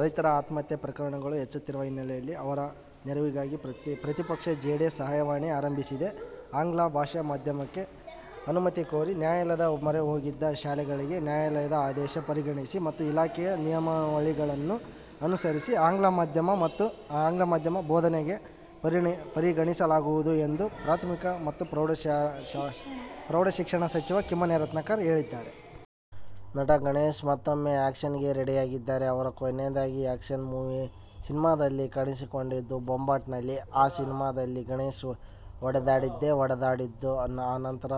ರೈತರ ಆತ್ಮಹತ್ಯೆ ಪ್ರಕರಣಗಳು ಹೆಚ್ಚುತ್ತಿರುವ ಹಿನ್ನೆಲೆಯಲ್ಲಿ ಅವರ ನೆರವಿಗಾಗಿ ಪ್ರತಿಪಕ್ಷ ಜೆಡಿಎಸ್ ಸಹಾಯವಾಣಿ ಆರಂಭಿಸಿದೆ. ಆಂಗ್ಲ ಭಾಷಾ ಮಾಧ್ಯಮಕ್ಕೆ ಅನುಮತಿ ಕೋರಿ ನ್ಯಾಯಾಲಯದ ಮೊರೆಹೋಗಿದ್ದ ಶಾಲೆಗಳಿಗೆ ನ್ಯಾಯಾಲಯದ ಆದೇಶ ಪರಿಗಣಿಸಿ ಮತ್ತು ಇಲಾಖೆಯ ನಿಯಮಾವಳಿಗಳನ್ನೂ ಅನುಸರಿಸಿ ಆಂಗ್ಲ ಮಾಧ್ಯಮ ಬೋಧನೆಗೆ ಪರಿಗಣಿಸಲಾಗುವುದು ಎಂದು ಪ್ರಾಥಮಿಕ ಮತ್ತು ಪ್ರೌಢ ಶಿಕ್ಷಣ ಸಚಿವ ಕಿಮ್ಮನೆ ರತ್ನಾಕರ ಹೇಳಿದ್ದಾರೆ. ನಟ ಗಣೇಶ್ ಮತ್ತೂಮ್ಮೆ ಆ್ಯಕ್ಷನ್ಗೆ ರೆಡಿಯಾಗಿದ್ದಾರೆ. ಅವರು ಕೊನೆಯದಾಗಿ ಆ್ಯಕ್ಷನ್ ಸಿನಿಮಾದಲ್ಲಿ ಕಾಣಿಸಿಕೊಂಡಿದ್ದು "ಬೊಂಬಾಟ್'ನಲ್ಲಿ. ಆ ಸಿನಿಮಾದಲ್ಲಿ ಗಣೇಶ್ ಹೊಡೆದಾಡಿದ್ದೇ ಹೊಡೆದಾಡಿದ್ದು. ಆ ನಂತರ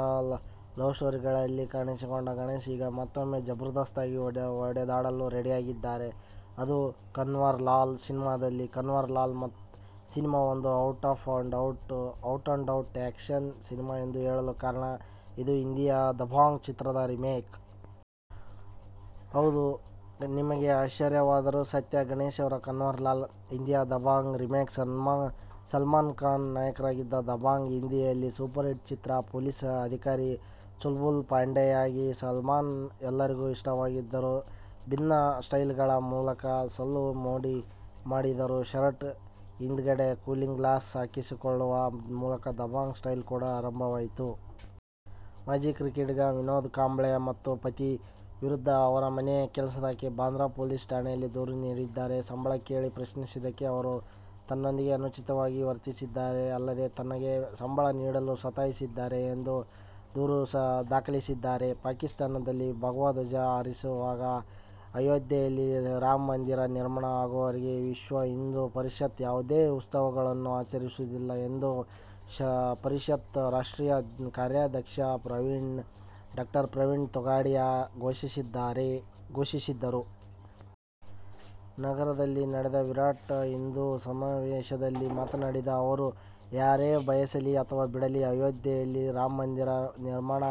ಲವ್ಸ್ಟೋರಿಗಳಲ್ಲೇ ಕಾಣಿಸಿಕೊಂಡ ಗಣೇಶ್ ಈಗ ಮತ್ತೂಮ್ಮೆ ಜಬರ್ದಸ್ತ್ ಆಗಿ ಹೊಡೆದಾಡಲು ರೆಡಿಯಾಗಿದ್ದಾರೆ. ಅದು "ಕನ್ವರ್ಲಾಲ್' ಸಿನಿಮಾದಲ್ಲಿ. "ಕನ್ವರ್ಲಾಲ್' ಸಿನಿಮಾ ಒಂದು out and out action cinema ಎಂದು ಹೇಳಲು ಕಾರಣ, ಇದು ಹಿಂದಿಯ "ದಭಾಂಗ್' ಚಿತ್ರದ ರೀಮೇಕ್. ಹೌದು, ನಿಮಗೆ ಆಶ್ವರ್ಯವಾದರೂ ಸತ್ಯ. ಗಣೇಶ್ ಅವರ "ಕನ್ವರ್ಲಾಲ್' ಹಿಂದಿಯ "ದಭಾಂಗ್' ರೀಮೇಕ್. ಸಲ್ಮಾನ್ ಖಾನ್ ನಾಯಕರಾಗಿದ್ದ "ದಭಾಂಗ್' ಹಿಂದಿಯಲ್ಲಿ ಸೂಪರ್ ಹಿಟ್ ಚಿತ್ರ. ಪೊಲೀಸ್ ಅಧಿಕಾರಿ ಚುಲ್ಬುಲ್ ಪಾಂಡೆಯಾಗಿ ಸಲ್ಮಾನ್ ಎಲ್ಲರಿಗೂ ಇಷ್ಟವಾಗಿದ್ದರು. ಭಿನ್ನ ಸ್ಟೈಲ್ಗಳ ಮೂಲಕ ಸಲ್ಲು ಮೋಡಿ ಮಾಡಿದ್ದರು. ಶರ್ಟ್ ಹಿಂದುಗಡೆ ಕೂಲಿಂಗ್ ಗ್ಲಾಸ್ ಸಿಕ್ಕಿಸಿಕೊಳ್ಳುವ ಮೂಲಕ "ದಭಾಂಗ್ ಸ್ಟೈಲ್' ಕೂಡಾ ಆರಂಭವಾಯಿತು. ಮಾಜಿ ಕ್ರಿಕೆಟಿಗ ವಿನೋದ್ ಕಾಂಬ್ಳಿ ಮತ್ತು ಪತ್ನಿ ವಿರುದ್ಧ ಅವರ ಮನೆ ಕೆಲಸದಾಕೆ ಬಾಂದ್ರಾ ಪೊಲೀಸ್ ಠಾಣೆಯಲ್ಲಿ ದೂರು ನೀಡಿದ್ದಾರೆ. ಸಂಬಳ ಕೇಳಿ ಪ್ರಶ್ನಿಸಿದ್ದಕ್ಕೆ ಅವರು ತನ್ನೊಂದಿಗೆ ಅನುಚಿತವಾಗಿ ವರ್ತಿಸಿದ್ದಾರೆ, ಅಲ್ಲದೆ ತನಗೆ ಸಂಬಳ ನೀಡಲು ಸತಾಯಿಸುತ್ತಿದ್ದಾರೆ ಎಂದು ದೂರು ದಾಖಲಿಸಿದ್ದಾರೆ. ಪಾಕಿಸ್ತಾನದಲ್ಲಿ ಭಗವಾಧ್ವಜ ಹಾರಿಸುವವರೆಗೆ, ಅಯೋಧ್ಯೆಯಲ್ಲಿ ರಾಮಮಂದಿರ ನಿರ್ಮಾಣ ಆಗುವವರೆಗೆ ವಿಶ್ವ ಹಿಂದು ಪರಿಷತ್ ಯಾವುದೇ ಉತ್ಸವಗಳನ್ನು ಆಚರಿಸುವುದಿಲ್ಲ ಎಂದು ಪರಿಷತ್ ರಾಷ್ಟ್ರೀಯ ಕಾರ್ಯಾಧ್ಯಕ್ಷ ಡಾ ಪ್ರವೀಣ ತೊಗಾಡಿಯಾ ಘೋಷಿಸಿದರು. ನಗರದಲ್ಲಿ ನಡೆದ ವಿರಾಟ್ ಹಿಂದು ಸಮಾವೇಶದಲ್ಲಿ ಮಾತನಾಡಿದ ಅವರು, ಯಾರೇ ಬಯಸಲಿ ಅಥವಾ ಬಿಡಲಿ ಅಯೋಧ್ಯೆಯಲ್ಲಿ ರಾಮ ಮಂದಿರ ನಿರ್ಮಾಣ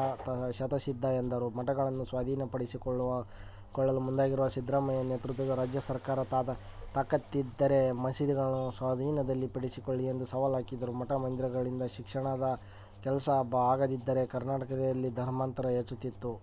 ಶತಃಸಿದ್ಧ ಎಂದರು. ಮಠಗಳನ್ನು ಸ್ವಾಧೀನ ಪಡಿಸಿಕೊಳ್ಳಲು ಮುಂದಾಗಿರುವ ಸಿದ್ದರಾಮಯ್ಯ ನೇತೃತ್ವದ ರಾಜ್ಯ ಸರ್ಕಾರ ತಾಕತ್ತಿದ್ದರೆ ಮಸೀದಿಗಳನ್ನು ಸ್ವಾಧೀನಪಡಿಸಿಕೊಳ್ಳಲಿ ಎಂದು ಸವಾಲು ಹಾಕಿದರು. ಮಠ-ಮಂದಿರಗಳಿಂದ ಶಿಕ್ಷಣದ ಕೆಲಸ ಆಗಿರದಿದ್ದರೆ ಕರ್ನಾಟಕದಲ್ಲಿ ಧರ್ಮಾಂತರ ಹೆಚ್ಚುತ್ತಿತ್ತು.